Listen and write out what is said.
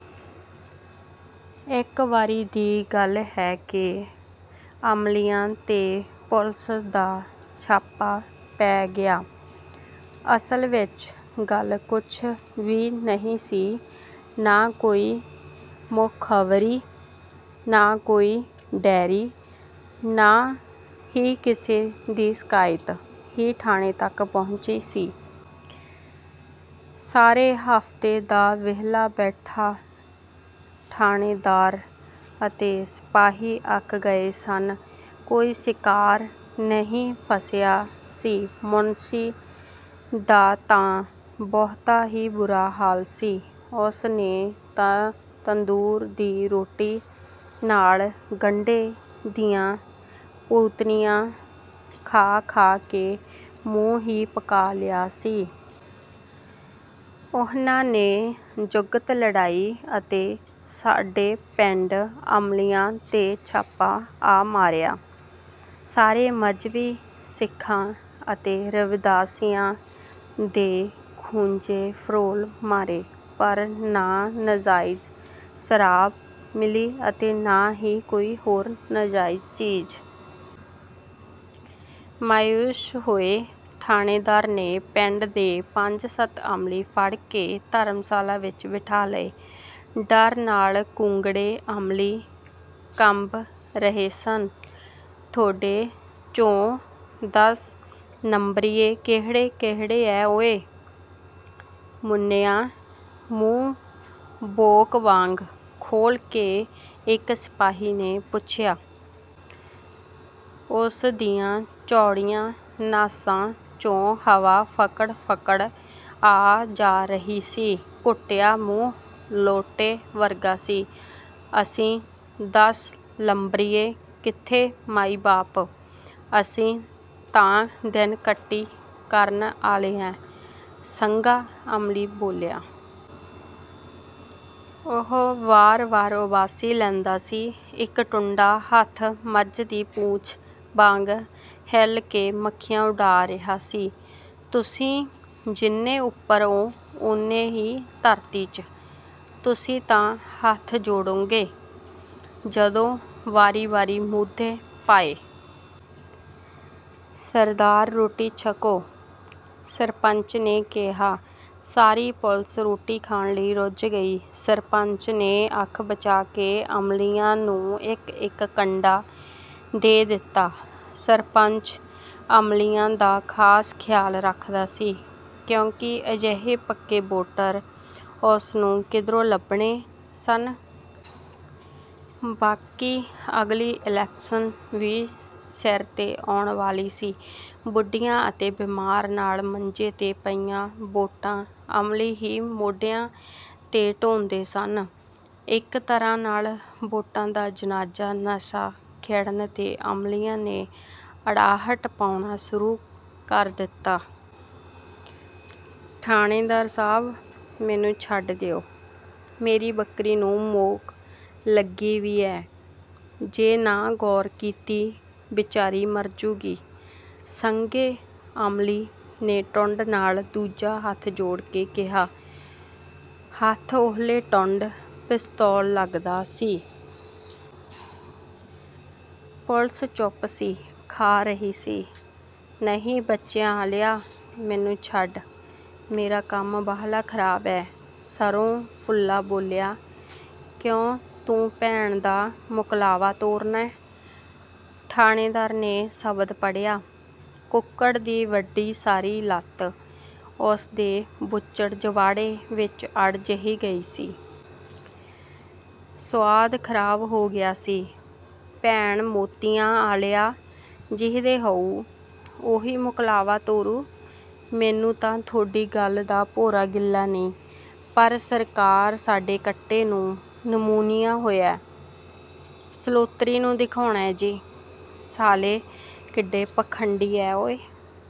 ਇੱਕ ਵਾਰੀ ਦੀ ਗੱਲ ਹੈ ਕਿ ਅਮਲੀਆਂ 'ਤੇ ਪੁਲਸ ਦਾ ਛਾਪਾ ਪੈ ਗਿਆ। ਅਸਲ ਵਿਚ ਗੱਲ ਕੁਛ ਵੀ ਨਹੀਂ ਸੀ। ਨਾ ਕੋਈ ਮੁਖ਼ਬਰੀ। ਨਾ ਕੋਈ ਡੈਰੀ! ਨਾ ਹੀ ਕਿਸੇ ਦੀ ਸ਼ਕਾਇਤ ਹੀ ਠਾਣੇ ਤੱਕ ਪਹੁੰਚੀ ਸੀ। ਸਾਰੇ ਹਫ਼ਤੇ ਦਾ ਵਿਹਲਾ ਬੈਠਾ ਠਾਣੇਦਾਰ ਅਤੇ ਸਿਪਾਹੀ ਅੱਕ ਗਏ ਸਨ। ਕੋਈ 'ਸ਼ਿਕਾਰ' ਨਹੀਂ ਫ਼ਸਿਆ ਸੀ। ਮੁਨਸ਼ੀ ਦਾ ਤਾਂ ਬਹੁਤਾ ਹੀ ਬੁਰਾ ਹਾਲ ਸੀ। ਉਸ ਨੇ ਤਾਂ ਤੰਦੂਰ ਦੀ ਰੋਟੀ ਨਾਲ ਗੰਢੇ ਦੀਆਂ 'ਪੂਤਨੀਆਂ' ਖਾ-ਖਾ ਕੇ ਮੂੰਹ ਹੀ ਪਕਾ ਲਿਆ ਸੀ। ਉਹਨਾਂ ਨੇ ਜੁਗਤ ਲੜਾਈ ਅਤੇ ਸਾਡੇ ਪਿੰਡ ਅਮਲੀਆਂ 'ਤੇ ਛਾਪਾ ਆ ਮਾਰਿਆ। ਸਾਰੇ ਮਜ੍ਹਬੀ ਸਿੱਖਾਂ ਅਤੇ ਰਵਿਦਾਸੀਆਂ ਦੇ ਖੂੰਜੇ ਫਰੋਲ ਮਾਰੇ। ਪਰ ਨਾ ਨਜਾਇਜ਼ ਸ਼ਰਾਬ ਮਿਲੀ ਅਤੇ ਨਾ ਹੀ ਕੋਈ ਹੋਰ ਨਜਾਇਜ਼ ਚੀਜ਼! ਮਾਯੂਸ ਹੋਏ ਠਾਣੇਦਾਰ ਨੇ ਪਿੰਡ ਦੇ ਪੰਜ-ਸੱਤ ਅਮਲੀ ਫੜ ਕੇ ਧਰਮਸਾਲਾ ਵਿਚ ਬਿਠਾ ਲਏ। ਡਰ ਨਾਲ ਕੂੰਗੜੇ ਅਮਲੀ ਕੰਬ ਰਹੇ ਸਨ। "ਥੋਡੇ 'ਚੋਂ ਦਸ ਨੰਬਰੀਏ ਕਿਹੜੇ ਕਿਹੜੇ ਐ ਉਏ? '" ਮੁੰਨਿਆਂ ਮੂੰਹ ਬੋਕ ਵਾਂਗ ਖੋਲ੍ਹ ਕੇ ਇੱਕ ਸਿਪਾਹੀ ਨੇ ਪੁੱਛਿਆ। ਉਸ ਦੀਆਂ ਚੌੜੀਆਂ ਨਾਸਾਂ 'ਚੋਂ ਹਵਾ 'ਫਕੜ-ਫਕੜ' ਆ-ਜਾ ਰਹੀ ਸੀ। ਘੁੱਟਿਆ ਮੂੰਹ ਲੋਟੇ ਵਰਗਾ ਸੀ। "ਅਸੀਂ ਦਸ ਲੰਬਰੀਏ ਕਿੱਥੇ ਮਾਈ ਬਾਪ – ਅਸੀਂ ਤਾਂ ਦਿਨ ਕਟੀ ਕਰਨ ਆਲੇ ਐਂ। " ਸੱਘਾ ਅਮਲੀ ਬੋਲਿਆ। ਉਹ ਵਾਰ-ਵਾਰ ਉਬਾਸੀ ਲੈਂਦਾ ਸੀ। ਇੱਕ ਟੁੰਡਾ ਹੱਥ ਮੱਝ ਦੀ ਪੂਛ ਵਾਂਗ ਹਿੱਲ ਕੇ ਮੱਖੀਆਂ ਉਡਾ ਰਿਹਾ ਸੀ। "ਤੁਸੀਂ ਜਿੰਨੇਂ ਉੱਪਰ ਓਂ-ਉਨੇ ਈ ਧਰਤੀ 'ਚ! " "ਤੁਸੀਂ ਤਾਂ ਹੱਥ ਜੋੜੋਂਗੇ – ਜਦੋਂ ਵਾਰੀ ਵਾਰੀ ਮੂਧੇ ਪਾਏ! "ਸਰਦਾਰ ਰੋਟੀ ਛਕੋ! " ਸਰਪੰਚ ਨੇ ਕਿਹਾ। ਸਾਰੀ ਪੁਲਸ ਰੋਟੀ ਖਾਣ ਵਿਚ ਰੁੱਝ ਗਈ। ਸਰਪੰਚ ਨੇ ਅੱਖ ਬਚਾ ਕੇ ਅਮਲੀਆਂ ਨੂੰ ਇੱਕ-ਇੱਕ 'ਕੰਡਾ' ਦੇ ਦਿੱਤਾ। ਸਰਪੰਚ ਅਮਲੀਆਂ ਦਾ ਖ਼ਾਸ ਖਿਆਲ ਰੱਖਦਾ ਸੀ। ਕਿਉਂਕਿ ਅਜਿਹੇ ਪੱਕੇ ਵੋਟਰ ਉਸ ਨੂੰ ਕਿੱਧਰੋਂ ਲੱਭਣੇ ਸਨ? ਬਾਕੀ ਅਗਲੀ ਇਲੈਕਸ਼ਨ ਵੀ ਸਿਰ 'ਤੇ ਆਉਣ ਵਾਲੀ ਸੀ। ਬੁੱਢੀਆਂ ਅਤੇ ਬਿਮਾਰੀ ਨਾਲ ਮੰਜੇ 'ਤੇ ਪਈਆਂ 'ਵੋਟਾਂ' ਅਮਲੀ ਹੀ ਮੋਢਿਆਂ 'ਤੇ ਢੋਂਦੇ ਸਨ। ਇੱਕ ਤਰ੍ਹਾਂ ਨਾਲ ਵੋਟਾਂ ਦਾ ਜਨਾਜਾ! ਨਸ਼ਾ ਖਿੜਨ 'ਤੇ ਅਮਲੀਆਂ ਨੇ ਅੜਾਹਟ ਪਾਉਣਾ ਸ਼ੁਰੂ ਕਰ ਦਿੱਤਾ। "ਠਾਣੇਦਾਰ ਸਾਅਬ – ਮੈਨੂੰ ਛੱਡ ਦਿਓ – ਮੇਰੀ ਬੱਕਰੀ ਨੂੰ ਮੋਕ ਲੱਗੀ ਵੀ ਐ – ਜੇ ਨਾ ਗੌਰ ਕੀਤੀ, ਬਿਚਾਰੀ ਮਰਜੂਗੀ! " ਸੱਘੇ ਅਮਲੀ ਨੇ ਟੁੰਡ ਨਾਲ ਦੂਜਾ ਹੱਥ ਜੋੜ ਕੇ ਕਿਹਾ। ਹੱਥ ਓਹਲੇ ਟੁੰਡ 'ਪਿਸਤੌਲ' ਲੱਗਦਾ ਸੀ। ਪੁਲਸ ਚੁੱਪ ਸੀ। ਖਾ ਰਹੀ ਸੀ। "ਨਹੀਂ ਬੱਚਿਆਂ ਆਲਿਆ – ਮੈਨੂੰ ਛੱਡ – ਮੇਰਾ ਕੰਮ ਬਾਹਲਾ ਖਰਾਬ ਐ। " ਸਰ੍ਹੋਂ-ਫੁੱਲਾ ਬੋਲਿਆ। "ਕਿਉਂ ਤੂੰ ਭੈਣ ਦਾ ਮੁਕਲਾਵਾ ਤੋਰਨੈਂ? " ਠਾਣੇਦਾਰ ਨੇ ਸ਼ਬਦ ਪੜ੍ਹਿਆ। ਕੁੱਕੜ ਦੀ ਵੱਡੀ ਸਾਰੀ ਲੱਤ ਉਸ ਦੇ ਬੁੱਚੜ ਜਬਾੜ੍ਹੇ ਵਿਚ ਅੜ ਜਿਹੀ ਗਈ ਸੀ। ਸੁਆਦ ਖਰਾਬ ਹੋ ਗਿਆ ਸੀ। "ਭੈਣ ਮੋਤੀਆਂ ਆਲਿਆ ਜੀਹਦੇ ਹੋਊ – ਉਹੀ ਮੁਕਲਾਵਾ ਤੋਰੂ – ਮੈਨੂੰ ਤਾਂ ਥੋਡੀ ਗੱਲ ਦਾ ਭੋਰਾ ਗ਼ਿਲਾ ਨੀ – ਪਰ ਸਰਕਾਰ ਸਾਡੇ ਕੱਟੇ ਨੂੰ ਨਮੂੰਨੀਆਂ ਹੋਇਐ – ਸਲੋਤਰੀ ਨੂੰ ਦਿਖਾਉਣੈਂ ਜੀ! " "ਸਾਲੇ ਕਿੱਡੇ ਪਾਖੰਡੀ ਐ ਉਏ!